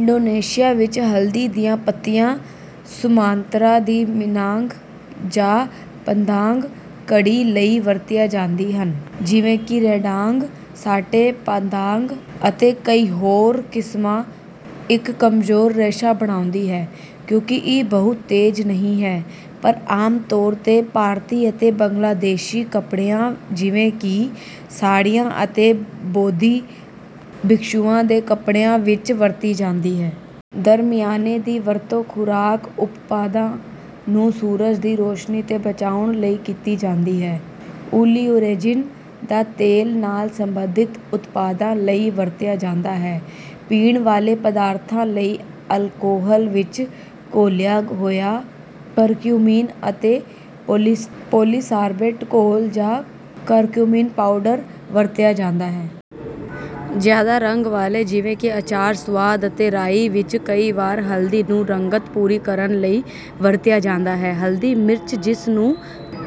Indonesia ਵਿੱਚ, ਹਲਦੀ ਦੀਆਂ ਪੱਤੀਆਂ ਸੁਮਾਤਰਾ ਦੀ ਮਿਨਾਂਗ ਜਾਂ ਪਦਾਂਗ ਕੜ੍ਹੀ ਲਈ ਵਰਤੀਆਂ ਜਾਂਦੀਆਂ ਹਨ, ਜਿਵੇਂ ਕਿ ਰੈਂਡਾਂਗ, ਸਾਟੇ ਪਦਾਂਗ ਅਤੇ ਕਈ ਹੋਰ ਕਿਸਮਾਂ। ਹਲਦੀ ਇੱਕ ਕਮਜ਼ੋਰ ਰੇਸ਼ਾ ਬਣਾਉਂਦੀ ਹੈ, ਕਿਉਂਕਿ ਇਹ ਬਹੁਤ ਤੇਜ਼ ਨਹੀਂ ਹੈ, ਪਰ ਆਮ ਤੌਰ 'ਤੇ ਭਾਰਤੀ ਅਤੇ ਬੰਗਲਾਦੇਸ਼ੀ ਕੱਪੜਿਆਂ, ਜਿਵੇਂ ਕਿ ਸਾੜ੍ਹੀਆਂ ਅਤੇ ਬੋਧੀ ਭਿਕਸ਼ੂਆਂ ਦੇ ਕੱਪੜਿਆਂ ਵਿੱਚ ਵਰਤੀ ਜਾਂਦੀ ਹੈ। ਦਰਮਿਆਨੇ ਦੀ ਵਰਤੋਂ ਖੁਰਾਕ ਉਤਪਾਦਾਂ ਨੂੰ ਸੂਰਜ ਦੀ ਰੌਸ਼ਨੀ ਤੋਂ ਬਚਾਉਣ ਲਈ ਕੀਤੀ ਜਾਂਦੀ ਹੈ। ਓਲੀਓਰੇਜ਼ਿਨ ਦਾ ਤੇਲ ਨਾਲ ਸਬੰਧਿਤ ਉਤਪਾਦਾਂ ਲਈ ਵਰਤਿਆ ਜਾਂਦਾ ਹੈ। ਪੀਣ ਵਾਲੇ ਪਦਾਰਥਾਂ ਲਈ ਅਲਕੋਹਲ ਵਿੱਚ ਘੋਲਿਆ ਹੋਇਆ ਕਰਕਿਊਮਿਨ ਅਤੇ ਪੋਲੀਸਾਰਬੇਟ ਘੋਲ ਜਾਂ ਕਰਕਿਊਮਿਨ ਪਾਊਡਰ ਵਰਤਿਆ ਜਾਂਦਾ ਹੈ। ਜ਼ਿਆਦਾ ਰੰਗ ਵਾਲੇ, ਜਿਵੇਂ ਕਿ ਅਚਾਰ, ਸੁਆਦ ਅਤੇ ਰਾਈ ਵਿੱਚ, ਕਈ ਵਾਰ ਹਲਦੀ ਨੂੰ ਰੰਗਤ ਪੂਰੀ ਕਰਨ ਲਈ ਵਰਤਿਆ ਜਾਂਦਾ ਹੈ। ਹਲਦੀ ਮਿਰਚ, ਜਿਸ ਨੂੰ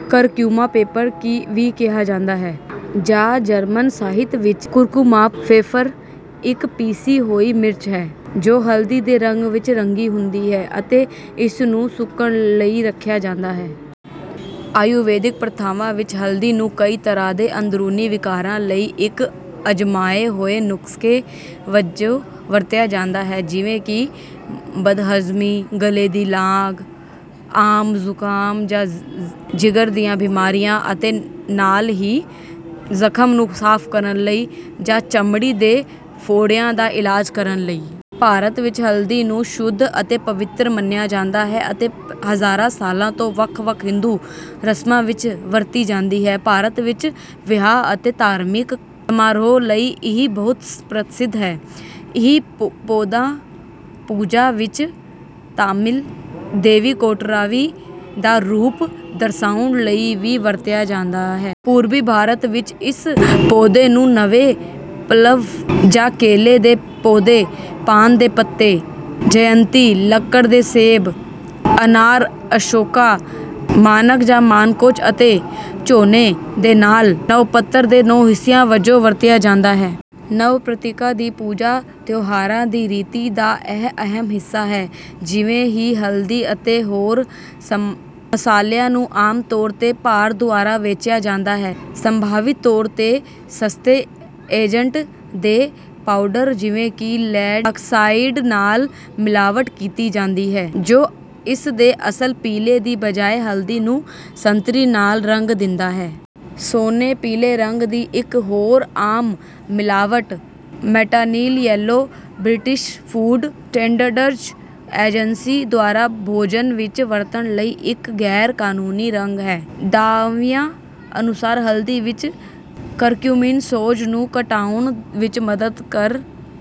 ਕਰਕਿਊਮਾ ਪੈਪਰ ਵੀ ਕਿਹਾ ਜਾਂਦਾ ਹੈ ਜਾਂ ਜਰਮਨ ਸਾਹਿਤ ਵਿੱਚ ਕੁਰਕੁਮਾਪਫੈਫਰ, ਇੱਕ ਪੀਸੀ ਹੋਈ ਮਿਰਚ ਹੈ ਜੋ ਹਲਦੀ ਦੇ ਰੰਗ ਵਿੱਚ ਰੰਗੀ ਹੁੰਦੀ ਹੈ ਅਤੇ ਇਸ ਨੂੰ ਸੁੱਕਣ ਲਈ ਰੱਖਿਆ ਜਾਂਦਾ ਹੈ। ਆਯੁਰਵੈਦਿਕ ਪ੍ਰਥਾਵਾਂ ਵਿੱਚ, ਹਲਦੀ ਨੂੰ ਕਈ ਤਰ੍ਹਾਂ ਦੇ ਅੰਦਰੂਨੀ ਵਿਕਾਰਾਂ ਲਈ ਇੱਕ ਅਜ਼ਮਾਏ ਹੋਏ ਨੁਸਖੇ ਵਜੋਂ ਵਰਤਿਆ ਜਾਂਦਾ ਹੈ, ਜਿਵੇਂ ਕਿ ਬਦਹਜ਼ਮੀ, ਗਲੇ ਦੀ ਲਾਗ, ਆਮ ਜ਼ੁਕਾਮ ਜਾਂ ਜਿਗਰ ਦੀਆਂ ਬਿਮਾਰੀਆਂ, ਅਤੇ ਨਾਲ ਹੀ ਜ਼ਖ਼ਮ ਨੂੰ ਸਾਫ਼ ਕਰਨ ਲਈ ਜਾਂ ਚਮੜੀ ਦੇ ਫੋੜਿਆਂ ਦਾ ਇਲਾਜ ਕਰਨ ਲਈ। ਭਾਰਤ ਵਿੱਚ ਹਲਦੀ ਨੂੰ ਸ਼ੁੱਧ ਅਤੇ ਪਵਿੱਤਰ ਮੰਨਿਆ ਜਾਂਦਾ ਹੈ ਅਤੇ ਹਜ਼ਾਰਾਂ ਸਾਲਾਂ ਤੋਂ ਵੱਖ-ਵੱਖ ਹਿੰਦੂ ਰਸਮਾਂ ਵਿੱਚ ਵਰਤੀ ਜਾਂਦੀ ਹੈ। ਭਾਰਤ ਵਿੱਚ ਵਿਆਹ ਅਤੇ ਧਾਰਮਿਕ ਸਮਾਰੋਹਾਂ ਲਈ ਇਹ ਬਹੁਤ ਪ੍ਰਸਿੱਧ ਹੈ। ਇਹ ਪੌਦਾ ਪੂਜਾ ਵਿੱਚ ਤਾਮਿਲ ਦੇਵੀ ਕੋਟਰਾਵਈ ਦਾ ਰੂਪ ਦਰਸਾਉਣ ਲਈ ਵੀ ਵਰਤਿਆ ਜਾਂਦਾ ਹੈ। ਪੂਰਬੀ ਭਾਰਤ ਵਿੱਚ, ਇਸ ਪੌਦੇ ਨੂੰ ਨਵੇਂ ਪੱਲਵ ਜਾਂ ਕੇਲੇ ਦੇ ਪੌਦੇ, ਪਾਨ ਦੇ ਪੱਤੇ, ਜਯੰਤੀ, ਲੱਕੜ ਦੇ ਸੇਬ, ਅਨਾਰ, ਅਸ਼ੋਕਾ, ਮਾਨਕ ਜਾਂ ਮਾਨਕੋਚੂ ਅਤੇ ਝੋਨੇ ਦੇ ਨਾਲ ਨਵਪੱਤਰ ਦੇ ਨੌਂ ਹਿੱਸਿਆਂ ਵਜੋਂ ਵਰਤਿਆ ਜਾਂਦਾ ਹੈ। ਨਵਪੱਤ੍ਰਿਕਾ ਦੀ ਪੂਜਾ ਦੁਰਗਾ ਤਿਉਹਾਰਾਂ ਦੀ ਰੀਤੀ ਦਾ ਇੱਕ ਅਹਿਮ ਹਿੱਸਾ ਹੈ। ਜਿਵੇਂ ਹੀ ਹਲਦੀ ਅਤੇ ਹੋਰ ਮਸਾਲਿਆਂ ਨੂੰ ਆਮ ਤੌਰ 'ਤੇ ਭਾਰ ਦੁਆਰਾ ਵੇਚਿਆ ਜਾਂਦਾ ਹੈ, ਸੰਭਾਵਿਤ ਤੌਰ 'ਤੇ ਸਸਤੇ ਏਜੰਟ ਦੇ ਪਾਊਡਰ, ਜਿਵੇਂ ਕਿ ਲੈੱਡ ਆਕਸਾਈਡ ਦੇ ਨਾਲ ਮਿਲਾਵਟ ਕੀਤੀ ਜਾਂਦੀ ਹੈ, ਜੋ ਇਸ ਦੇ ਅਸਲ ਪੀਲੇ ਦੀ ਬਜਾਏ ਹਲਦੀ ਨੂੰ ਸੰਤਰੀ-ਲਾਲ ਰੰਗ ਦਿੰਦਾ ਹੈ। ਸੋਨੇ-ਪੀਲੇ ਰੰਗ ਦੀ ਇੱਕ ਹੋਰ ਆਮ ਮਿਲਾਵਟ, metanil yellow, British Food Standards Agency ਦੁਆਰਾ ਭੋਜਨ ਵਿੱਚ ਵਰਤਣ ਲਈ ਇੱਕ ਗੈਰ-ਕਾਨੂੰਨੀ ਰੰਗ ਹੈ। ਦਾਅਵਿਆਂ ਅਨੁਸਾਰ ਹਲਦੀ ਵਿੱਚ ਕਰਕਿਊਮਿਨ ਸੋਜ ਨੂੰ ਘਟਾਉਣ ਵਿੱਚ ਮਦਦ ਕਰ